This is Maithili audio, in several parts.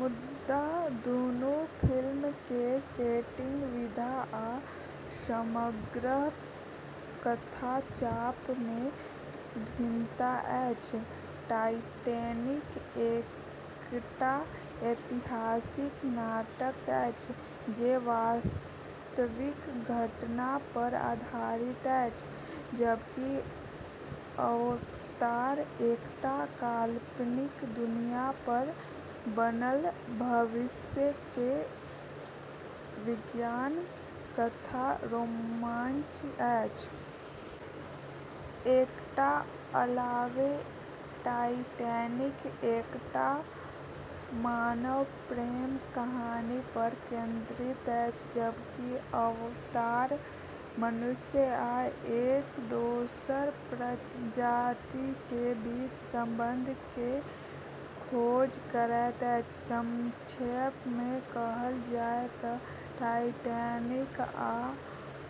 मुदा दुनू फिल्म के सेटिंग, विधा, आ समग्र कथा चाप मे भिन्नता अछि। टाइटैनिक एकटा ऐतिहासिक नाटक अछि जे वास्तविक घटना पर आधारित अछि, जबकि अवतार एकटा काल्पनिक दुनिया पर बनल भविष्य के विज्ञान कथा रोमांच अछि। एकरा अलावे टाइटैनिक एकटा मानव प्रेम कहानी पर केंद्रित अछि, जबकि अवतार मनुष्य आ एक दोसर प्रजाति के बीच संबंध के खोज करैत अछि। संक्षेप मे कहल जाय तँ टाइटैनिक आ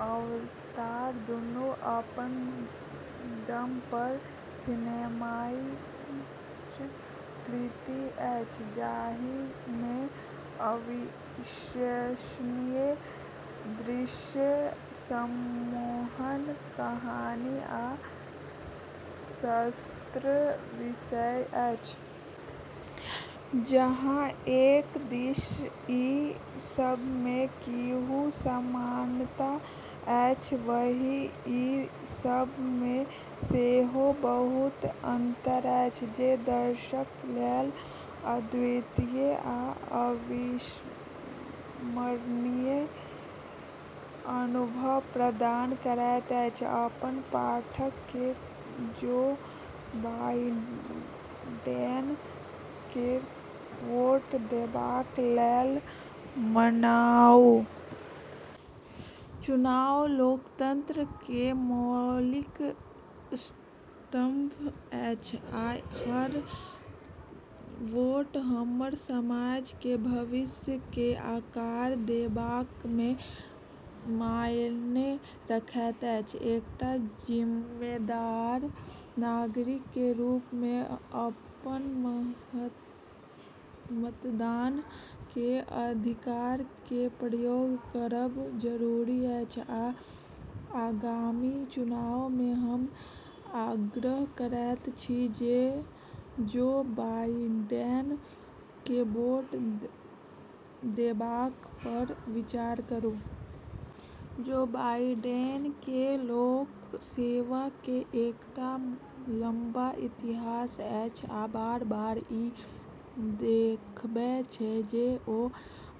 अवतार दुनू अपन दम पर सिनेमाई कृति अछि, जाहि मे अविश्वसनीय दृश्य, सम्मोहक कहानी, आ सशक्त विषय अछि। जहाँ एक दिस ई सब मे किछु समानता अछि, वहीं ई सब मे सेहो बहुत अंतर अछि, जे दर्शक लेल अद्वितीय आ अविस्मरणीय अनुभव प्रदान करैत अछि। अपन पाठक के जो बाइडेन के वोट देबाक लेल मनाउ। चुनाव लोकतंत्र के मौलिक स्तंभ अछि, आ हर वोट हमर समाज के भविष्य के आकार देबाक मे मायने रखैत अछि। एकटा जिम्मेदार नागरिक के रूप मे अपन मतदान के अधिकार के प्रयोग करब जरूरी अछि, आ आगामी चुनाव मे हम आग्रह करैत छी जे जो बाइडेन के वोट देबाक पर विचार करू। जो बाइडेन के लोक सेवा के एकटा लम्बा इतिहास अछि आ बार-बार ई देखबै छै जे ओ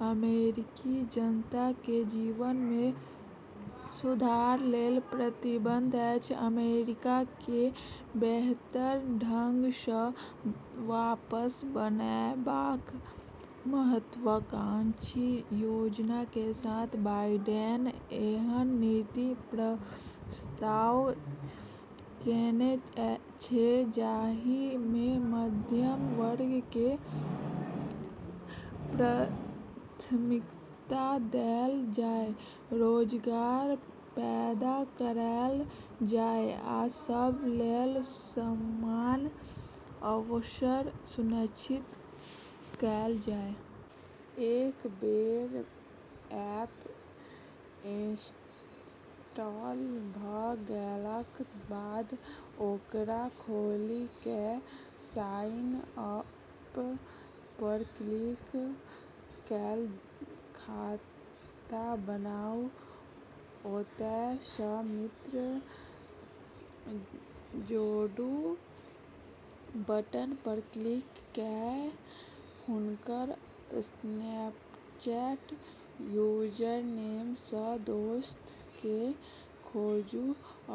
अमेरिकी जनता के जीवन मे सुधार लेल प्रतिबद्ध अछि। अमेरिका के बेहतर ढंग सँ वापस बनएबाक महत्वाकांक्षी योजना के साथ बाइडेन एहन नीति प्रस्तावित केने छै जाहि मे मध्यम वर्ग के प्राथमिकता देल जाय, रोजगार पैदा कएल जाय आ सब लेल समान अवसर सुनिश्चित कएल जाय। एक बेर ऐप इंस्टॉल भ गेलाक बाद ओकरा खोलि कए साइन अप पर क्लिक कए खाता बनाउ। ओतय सँ मित्र जोड़ू बटन पर क्लिक कए हुनकर स्नैपचैट यूजरनेम सँ दोस्त के खोजू,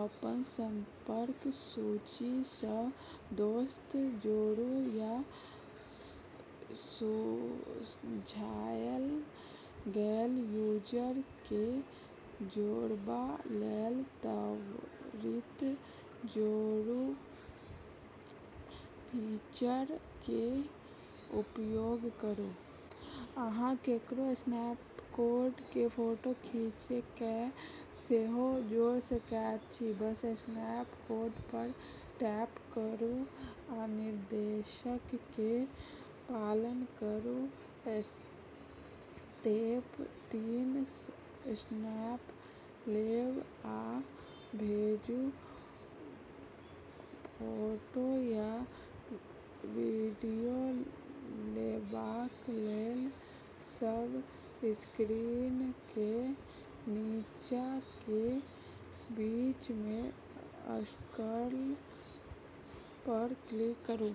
अपन संपर्क सूची सँ दोस्त जोड़ू, या सुझाएल गेल यूजर के जोड़बा लेल त्वरित जोड़ू फीचर के उपयोग करू। अहाँ ककरो स्नैपकोड के फोटो खींचि कए सेहो जोड़ सकैत छी बस स्नैपकोड पर टैप करू आ निर्देशक के पालन करू। स्टेप तीन स्नैप लेब आ भेजू। फोटो या वीडियो लेबाक लेल बस स्क्रीन के नीचा के बीच मे सर्कल पर क्लिक करू।